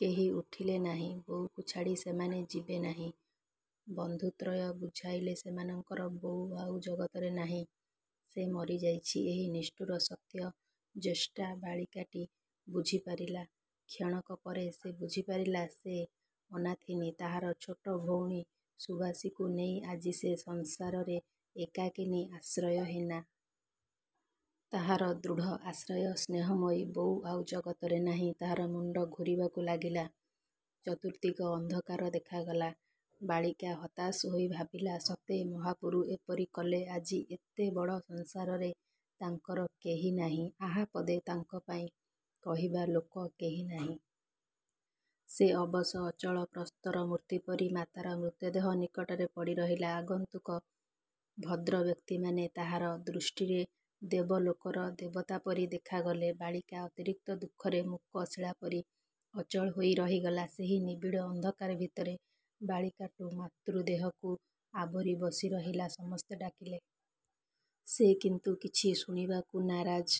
କେହି ଉଠିଲେ ନାହିଁ। ବୋଉକୁ ଛାଡ଼ି ସେମାନେ ଯିବେ ନାହିଁ। ବନ୍ଧୁତ୍ରୟ ବୁଝାଇଲେ ସେମାନଙ୍କର ବୋଉ ଆଉ ଜଗତରେ ନାହିଁ। ସେ ମରିଯାଇଛି। ଏହି ନିଷ୍ଠୁର ସତ୍ୟ ଜ୍ୟେଷ୍ଠା ବାଳିକାଟି ବୁଝିପାରିଲା। କ୍ଷଣକପରେ ସେ ବୁଝିପାରିଲା ସେ ଅନାଥିନୀ। ତାହାର ଛୋଟ ଭଉଣୀ ସୁବାସୀକୁ ନେଇ ଆଜି ସେ ସଂସାରରେ ଏକାକିନୀ, ଆଶ୍ରୟହୀନା। ତାହାର ଦୃଢ଼ ଆଶ୍ରୟ ସ୍ନେହମୟୀ ବୋଉ ଆଉ ଜଗତରେ ନାହିଁ। ତାହାର ମୁଣ୍ଡ ଘୂରିବାକୁ ଲାଗିଲା। ଚତୁର୍ଦ୍ଦିଗ ଅନ୍ଧକାର ଦେଖାଗଲା। ବାଳିକା ହତାଶ ହୋଇ ଭାବିଲା "ସତେ ମହାପୁରୁ ଏପରି କଲେ। ଆଜି ଏତେ ବଡ଼ ସଂସାରରେ ତାଙ୍କର କେହି ନାହିଁ। ଆହା ପଦେ ତାଙ୍କ ପାଇଁ କହିବା ଲୋକ କେହି ନାହିଁ। ସେ ଅବଶ ଅଚଳ ପ୍ରସ୍ତର ମୂର୍ତ୍ତିପରି ମାତାର ମୃତଦେହ ନିକଟରେ ପଡ଼ିରହିଲା। ଆଗନ୍ତୁକ ଭଦ୍ରବ୍ୟକ୍ତିମାନେ ତାହାର ଦୃଷ୍ଟିରେ ଦେବଲୋକର ଦେବତାପରି ଦେଖାଗଲେ। ବାଳିକା ଅତିରିକ୍ତ ଦୁଃଖରେ ମୂକ ଶିଳାପରି ଅଚଳ ହୋଇ ରହିଗଲା। ସେହି ନିବିଡ଼ ଅନ୍ଧକାର ଭିତରେ ବାଳିକାଟୁ ମାତୃଦେହକୁ ଆବୋରି ବସିରହିଲା। ସମସ୍ତେ ଡାକିଲେ। ସେ କିନ୍ତୁ କିଛି ଶୁଣିବାକୁ ନାରାଜ।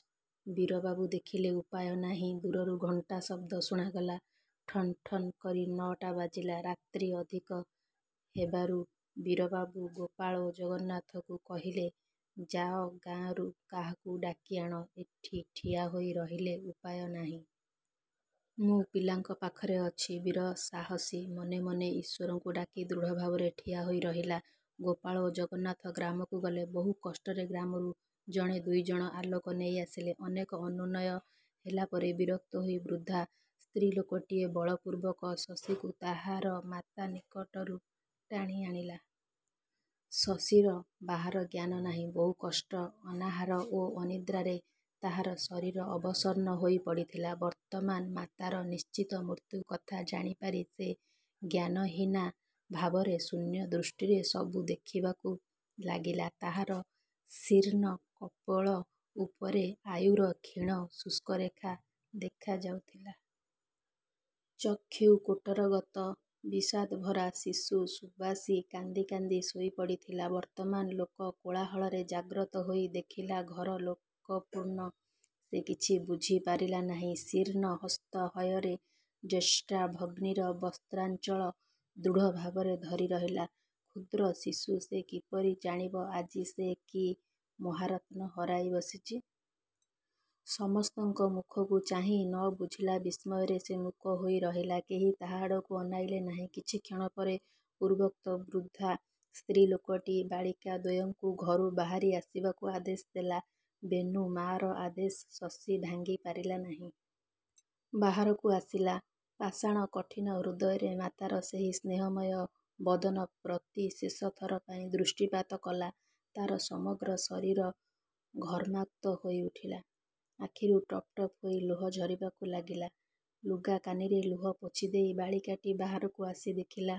ବୀରବାବୁ ଦେଖିଲେ, ଉପାୟ ନାହିଁ। ଦୁରରୁ ଘଣ୍ଟା ଶବ୍ଦ ଶୁଣାଗଲା। ଠନ୍ ଠନ୍ କରି ନଅଟା ବାଜିଲା। ରାତ୍ରି ଅଧିକ ହେବାରୁ ବୀରବାବୁ, ଗୋପାଳ ଓ ଜଗନ୍ନାଥକୁ କହିଲେ "ଯାଅ, ଗାଆଁରୁ କାହାକୁ ଡାକି ଆଣ। ଏଠି ଠିଆ ହୋଇ ରହିଲେ ଉପାୟ ନାହିଁ। ମୁଁ ପିଲାଙ୍କ ପାଖରେ ଅଛି। " ବୀର ସାହସୀ। ମନେ ମନେ ଈଶ୍ୱରଙ୍କୁ ଡାକି ଦୃଢ଼ଭାବରେ ଠିଆହୋଇ ରହିଲେ। ଗୋପାଳ ଓ ଜଗନ୍ନାଥ ଗ୍ରାମକୁ ଗଲେ। ବହୁ କଷ୍ଟରେ ଗ୍ରାମରୁ ଜଣେ ଦୁଇଜଣ ଆଲୋକ ନେଇ ଆସିଲେ। ଅନେକ ଅନୁନୟ ହେଲା ପରେ ବିରକ୍ତ ହୋଇ ବୃଦ୍ଧା ସ୍ତ୍ରୀଲୋକଟିଏ ବଳପୂର୍ବକ ଶଶୀକୁ ତାହାର ମାତା ନିକଟରୁ ଟାଣି ଆଣିଲା। ଶଶୀର ବାହାର ଜ୍ଞାନ ନାହିଁ। ବହୁକଷ୍ଟ, ଅନାହାର ଓ ଅନିଦ୍ରାରେ ତାହାର ଶରୀର ଅବସନ୍ନ ହୋଇ ପଡ଼ିଥିଲା। ବର୍ତ୍ତମାନ ମାତାର ନିଶ୍ଚିତ ମୃତ୍ୟୁ କଥା ଜାଣିପାରି ସେ ଜ୍ଞାନହୀନା ଭାବରେ ଶୂନ୍ୟ ଦୃଷ୍ଟିରେ ସବୁ ଦେଖିବାକୁ ଲାଗିଲା। ତାହାର ଶୀର୍ଣ୍ଣ କପୋଳ ଉପରେ ଆୟୁର କ୍ଷୀଣ ଶୁଷ୍କରେଖା ଦେଖାଯାଉଥିଲା। ଚକ୍ଷୁ କୋଟରଗତ, ବିଷାଦଭରା। ଶିଶୁ ସୁବାସୀ କାନ୍ଦି କାନ୍ଦି ଶୋଇ ପଡ଼ିଥିଲା। ବର୍ତ୍ତମାନ ଲୋକ କୋଳାହଳରେ ଜାଗ୍ରତ ହୋଇ ଦେଖିଲା ଘର ଲୋକପୂର୍ଣ୍ଣ, ସେ କିଛି ବୁଝି ପାରିଲା ନାହିଁ। ଶୀର୍ଣ୍ଣ ହସ୍ତ ହୟରେ ଜ୍ୟେଷ୍ଠାଭଗ୍ନୀର ବସ୍ତ୍ରାଞ୍ଚଳ ଦୃଢ଼ଭାବରେ ଧରି ରହିଲା। କ୍ଷୁଦ୍ର ଶିଶୁ, ସେ କିପରି ଜାଣିବ ଆଜି ସେ କି ମହାରତ୍ନ ହରାଇ ବସିଚି! ସମସ୍ତଙ୍କ ମୁଖକୁ ଚାହିଁ ନ ବୁଝିଲା ବିସ୍ମୟରେ ସେ ମୂକ ହୋଇ ରହିଲା। କେହି ତାହା ଆଡ଼କୁ ଅନାଇଲେ ନାହିଁ। କିଛିକ୍ଷଣ ପରେ ପୂର୍ବୋକ୍ତ ବୃଦ୍ଧା ସ୍ତ୍ରୀଲୋକଟି ବାଳିକାଦ୍ୱୟଙ୍କୁ ଘରୁ ବାହାରି ଆସିବାକୁ ଆଦେଶ ଦେଲା। ବେନୁ ମାଆର ଆଦେଶ ଶଶୀ ଭାଙ୍ଗି ପାରିଲା ନାହିଁ। ବାହାରକୁ ଆସିଲା। ପାଷାଣ କଠିନ ହୃଦୟରେ ମାତାର ସେହି ସ୍ନେହମୟ ବଦନ ପ୍ରତି ଶେଷଥର ପାଇଁ ଦୃଷ୍ଟିପାତ କଲା-। ତାର ସମଗ୍ର ଶରୀର ଘର୍ମାକ୍ତ ହୋଇଉଠିଲା। ଆଖିରୁ ଟପ୍ ଟପ୍ ହୋଇ ଲୁହ ଝରିବାକୁ ଲାଗିଲା-। ଲୁଗାକାନିରେ ଲୁହ ପୋଛିଦେଇ ବାଳିକାଟି ବାହାରକୁ ଆସି ଦେଖିଲା,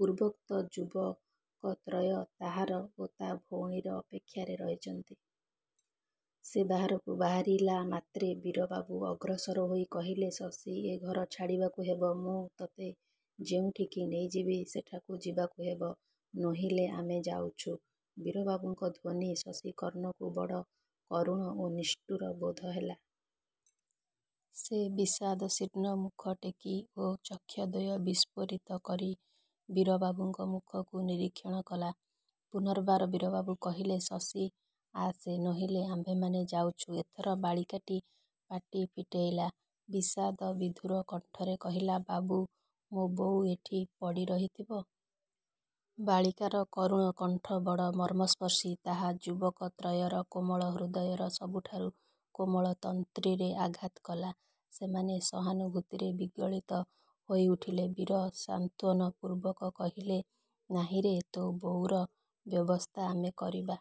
ପୂର୍ବୋକ୍ତ ଯୁବକତ୍ରୟ ତାହାର ଓ ତା ଭଉଣୀର ଅପେକ୍ଷାରେ ରହିଛନ୍ତି। ସେ ବାହାରକୁ ବାହାରିଲା ମାତ୍ରେ ବୀରବାବୁ ଅଗ୍ରସର ହୋଇ କହିଲେ "ଶଶି, ଏ ଘର ଛାଡ଼ିବାକୁ ହେବ। ମୁଁ ତତେ ଯେଉଁଠିକି ନେଇଯିବି ସେଠାକୁ ଯିବାକୁ ହେବ। ନୋହିଲେ ଆମେ ଯାଉଛୁ। " ବୀରବାବୁଙ୍କ ଧ୍ୱନି ଶଶୀ କର୍ଣ୍ଣକୁ ବଡ଼ କରୁଣ ଓ ନିଷ୍ଠୁର ବୋଧହେଲା। ସେ ବିଷାଦଶୀର୍ଣ୍ଣ ମୁଖ ଟେକି ଓ ଚକ୍ଷଦ୍ୱୟ ବିସ୍ଫାରିତ କରି ବୀରବାବୁଙ୍କ ମୁଖକୁ ନିରୀକ୍ଷଣ କଲା। ପୁନର୍ବାର ବୀରବାବୁ କହିଲେ "ଶଶି, ଆସେ, ନୋହିଲେ ଆମ୍ଭେମାନେ ଯାଉଛୁ। " ଏଥର ବାଳିକାଟି ପାଟି ଫିଟେଇଲା। ବିଷାଦ-ବିଧୁର କଣ୍ଠରେ କହିଲା "ବାବୁ, ମୋ ବୋଉ ଏଠି ପଡ଼ି ରହିଥିବ? " ବାଳିକାର କରୁଣ କଣ୍ଠ ବଡ଼ ମର୍ମସ୍ପର୍ଶୀ। ତାହା ଯୁବକତ୍ରୟର କୋମଳ ହୃଦୟର ସବୁଠାରୁ କୋମଳ ତନ୍ତ୍ରୀରେ ଆଘାତ କଲା। ସେମାନେ ସହାନୁଭୂତିରେ ବିଗଳିତ ହୋଇଉଠିଲେ-। ବୀର ସାନ୍ତ୍ୱନ ପୂର୍ବକ କହିଲେ "ନାହିଁରେ, ତୋ ବୋଉର ବ୍ୟବସ୍ଥା ଆମେ କରିବା।